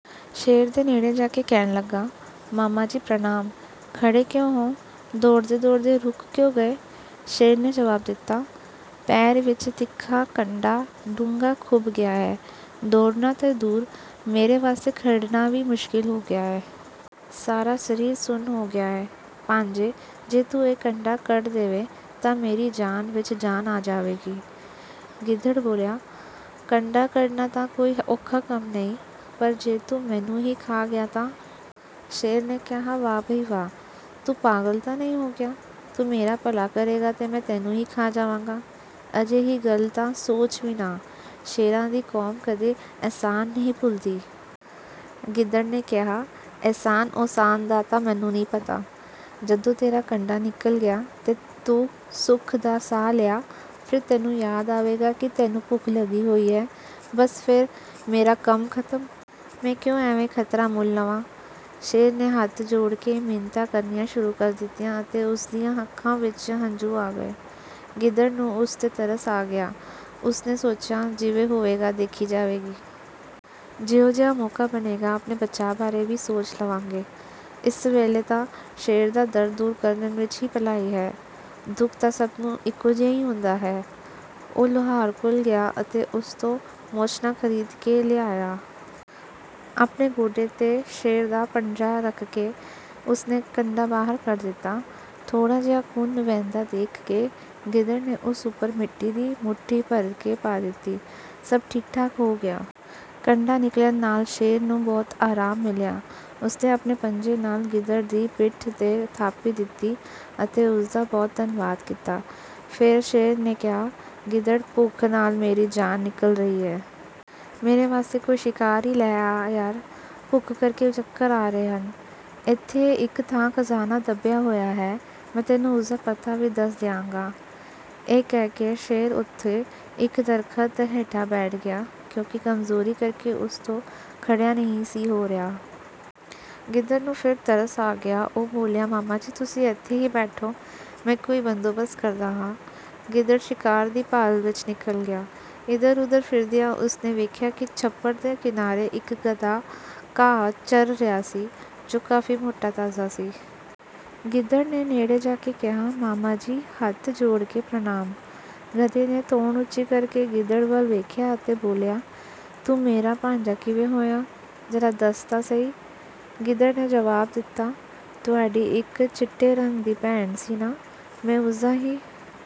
ਸ਼ੇਰ ਦੇ ਨੇੜੇ ਜਾ ਕੇ ਕਹਿਣ ਲੱਗਾ, "ਮਾਮਾ ਜੀ, ਪ੍ਰਣਾਮ! ਖੜ੍ਹੇ ਕਿਉਂ ਹੋ? ਦੌੜਦੇ-ਦੌੜਦੇ ਰੁਕ ਕਿਉਂ ਗਏ?" ਸ਼ੇਰ ਨੇ ਜਵਾਬ ਦਿੱਤਾ, "ਪੈਰ ਵਿੱਚ ਤਿੱਖਾ ਕੰਡਾ ਡੂੰਘਾ ਖੁੱਭ ਗਿਆ ਹੈ। ਦੌੜਨਾ ਤਾਂ ਦੂਰ, ਮੇਰੇ ਵਾਸਤੇ ਖੜ੍ਹਨਾ ਵੀ ਮੁਸ਼ਕਿਲ ਹੋ ਰਿਹਾ ਹੈ। ਸਾਰਾ ਸਰੀਰ ਸੁੰਨ ਹੋ ਗਿਆ ਹੈ। ਭਾਣਜੇ, ਜੇ ਤੂੰ ਇਹ ਕੰਡਾ ਕੱਢ ਦੇਵੇਂ ਤਾਂ ਮੇਰੀ ਜਾਨ ਵਿੱਚ ਜਾਨ ਆ ਜਾਵੇਗੀ।" ਗਿੱਦੜ ਬੋਲਿਆ, "ਕੰਡਾ ਕੱਢਣਾ ਤਾਂ ਕੋਈ ਔਖਾ ਕੰਮ ਨਹੀਂ, ਪਰ ਜੇ ਤੂੰ ਮੈਨੂੰ ਹੀ ਖਾ ਗਿਆ ਤਾਂ?" ਸ਼ੇਰ ਨੇ ਕਿਹਾ, "ਵਾਹ ਬਈ ਵਾਹ! ਤੂੰ ਪਾਗਲ ਤਾਂ ਨਹੀਂ ਹੋ ਗਿਆ? ਤੂੰ ਮੇਰਾ ਭਲਾ ਕਰੇਂਗਾ ਤੇ ਮੈਂ ਤੈਨੂੰ ਹੀ ਖਾ ਜਾਵਾਂਗਾ? ਅਜਿਹੀ ਗੱਲ ਤਾਂ ਸੋਚ ਵੀ ਨਾ। ਸ਼ੇਰਾਂ ਦੀ ਕੌਮ ਕਦੇ ਅਹਿਸਾਨ ਨਹੀਂ ਭੁੱਲਦੀ।" ਗਿੱਦੜ ਨੇ ਕਿਹਾ, "ਅਹਿਸਾਨ-ਉਹਸਾਨ ਦਾ ਤਾਂ ਮੈਨੂੰ ਨਹੀਂ ਪਤਾ। ਜਦੋਂ ਤੇਰਾ ਕੰਡਾ ਨਿਕਲ ਗਿਆ ਤੇ ਤੂੰ ਸੁੱਖ ਦਾ ਸਾਹ ਲਿਆ, ਫਿਰ ਤੈਨੂੰ ਯਾਦ ਆਵੇਗਾ ਕਿ ਤੈਨੂੰ ਭੁੱਖ ਲੱਗੀ ਹੋਈ ਹੈ। ਬੱਸ ਫਿਰ ਮੇਰਾ ਕੰਮ ਖ਼ਤਮ! ਮੈਂ ਕਿਉਂ ਐਵੇਂ ਖ਼ਤਰਾ ਮੁੱਲ ਲਵਾਂ?" ਸ਼ੇਰ ਨੇ ਹੱਥ ਜੋੜ ਕੇ ਮਿੰਨਤਾਂ ਕਰਨੀਆਂ ਸ਼ੁਰੂ ਕਰ ਦਿੱਤੀਆਂ ਅਤੇ ਉਸ ਦੀਆਂ ਅੱਖਾਂ ਵਿੱਚ ਹੰਝੂ ਆ ਗਏ। ਗਿੱਦੜ ਨੂੰ ਉਸ 'ਤੇ ਤਰਸ ਆ ਗਿਆ। ਉਸ ਨੇ ਸੋਚਿਆ, 'ਜਿਵੇਂ ਹੋਵੇਗਾ ਦੇਖੀ ਜਾਵੇਗੀ। ਜਿਹੋ ਜਿਹਾ ਮੌਕਾ ਬਣੇਗਾ, ਆਪਣੇ ਬਚਾਅ ਬਾਰੇ ਵੀ ਸੋਚ ਲਵਾਂਗੇ। ਇਸ ਵੇਲੇ ਤਾਂ ਸ਼ੇਰ ਦਾ ਦਰਦ ਦੂਰ ਕਰਨ ਵਿੱਚ ਹੀ ਭਲਾਈ ਹੈ, ਦੁੱਖ ਤਾਂ ਸਭ ਨੂੰ ਇੱਕੋ ਜਿਹਾ ਹੀ ਹੁੰਦਾ ਹੈ।' ਉਹ ਲੁਹਾਰ ਕੋਲ ਗਿਆ ਅਤੇ ਉਸ ਤੋਂ ਮੋਚਨਾ ਖ਼ਰੀਦ ਕੇ ਲਿਆਇਆ। ਆਪਣੇ ਗੋਡੇ 'ਤੇ ਸ਼ੇਰ ਦਾ ਪੰਜਾ ਰੱਖ ਕੇ ਉਸ ਨੇ ਕੰਡਾ ਬਾਹਰ ਕੱਢ ਦਿੱਤਾ। ਥੋੜ੍ਹਾ ਜਿਹਾ ਖ਼ੂਨ ਵਹਿੰਦਾ ਦੇਖ ਕੇ ਗਿੱਦੜ ਨੇ ਉਸ ਉੱਪਰ ਮਿੱਟੀ ਦੀ ਮੁੱਠੀ ਭਰ ਕੇ ਪਾ ਦਿੱਤੀ। ਸਭ ਠੀਕ-ਠਾਕ ਹੋ ਗਿਆ। ਕੰਡਾ ਨਿਕਲਣ ਨਾਲ ਸ਼ੇਰ ਨੂੰ ਬਹੁਤ ਆਰਾਮ ਮਿਲਿਆ। ਉਸ ਨੇ ਆਪਣੇ ਪੰਜੇ ਨਾਲ ਗਿੱਦੜ ਦੀ ਪਿੱਠ 'ਤੇ ਥਾਪੀ ਦਿੱਤੀ ਅਤੇ ਉਸ ਦਾ ਬਹੁਤ ਧੰਨਵਾਦ ਕੀਤਾ। ਫਿਰ ਸ਼ੇਰ ਨੇ ਕਿਹਾ, "ਗਿੱਦੜ, ਭੁੱਖ ਨਾਲ ਮੇਰੀ ਜਾਨ ਨਿਕਲ ਰਹੀ ਹੈ। ਮੇਰੇ ਵਾਸਤੇ ਕੋਈ ਸ਼ਿਕਾਰ ਹੀ ਲੈ ਆ ਯਾਰ, ਭੁੱਖ ਕਰਕੇ ਚੱਕਰ ਆ ਰਹੇ ਹਨ। ਇੱਥੇ ਇੱਕ ਥਾਂ ਖ਼ਜ਼ਾਨਾ ਦੱਬਿਆ ਹੋਇਆ ਹੈ, ਮੈਂ ਤੈਨੂੰ ਉਸ ਦਾ ਪਤਾ ਵੀ ਦੱਸ ਦਿਆਂਗਾ।" ਇਹ ਕਹਿ ਕੇ ਸ਼ੇਰ ਉੱਥੇ ਇੱਕ ਦਰੱਖਤ ਹੇਠਾਂ ਬੈਠ ਗਿਆ, ਕਿਉਂਕਿ ਕਮਜ਼ੋਰੀ ਕਰਕੇ ਉਸ ਤੋਂ ਖੜ੍ਹਿਆ ਨਹੀਂ ਸੀ ਹੋ ਰਿਹਾ। ਗਿੱਦੜ ਨੂੰ ਫਿਰ ਤਰਸ ਆ ਗਿਆ, ਉਹ ਬੋਲਿਆ, "ਮਾਮਾ ਜੀ, ਤੁਸੀਂ ਇੱਥੇ ਹੀ ਬੈਠੋ, ਮੈਂ ਕੋਈ ਬੰਦੋਬਸਤ ਕਰਦਾ ਹਾਂ।" ਗਿੱਦੜ ਸ਼ਿਕਾਰ ਦੀ ਭਾਲ ਵਿੱਚ ਨਿਕਲ ਪਿਆ। ਇੱਧਰ-ਉੱਧਰ ਫਿਰਦਿਆਂ ਉਸ ਨੇ ਵੇਖਿਆ ਕਿ ਛੱਪੜ ਦੇ ਕਿਨਾਰੇ ਇੱਕ ਗਧਾ ਘਾਹ ਚਰ ਰਿਹਾ ਸੀ, ਜੋ ਕਾਫ਼ੀ ਮੋਟਾ-ਤਾਜ਼ਾ ਸੀ। ਗਿੱਦੜ ਨੇ ਨੇੜੇ ਜਾ ਕੇ ਕਿਹਾ, "ਮਾਮਾ ਜੀ, ਹੱਥ ਜੋੜ ਕੇ ਪ੍ਰਣਾਮ।" ਗਧੇ ਨੇ ਧੌਣ ਉੱਚੀ ਕਰਕੇ ਗਿੱਦੜ ਵੱਲ ਵੇਖਿਆ ਅਤੇ ਬੋਲਿਆ, "ਤੂੰ ਮੇਰਾ ਭਾਣਜਾ ਕਿਵੇਂ ਹੋਇਆ? ਜਰਾ ਦੱਸ ਤਾਂ ਸਹੀ?" ਗਿੱਦੜ ਨੇ ਜਵਾਬ ਦਿੱਤਾ, "ਤੁਹਾਡੀ ਇੱਕ ਚਿੱਟੇ ਰੰਗ ਦੀ ਭੈਣ ਸੀ ਨਾ? ਮੈਂ ਉਸ ਦਾ ਹੀ..."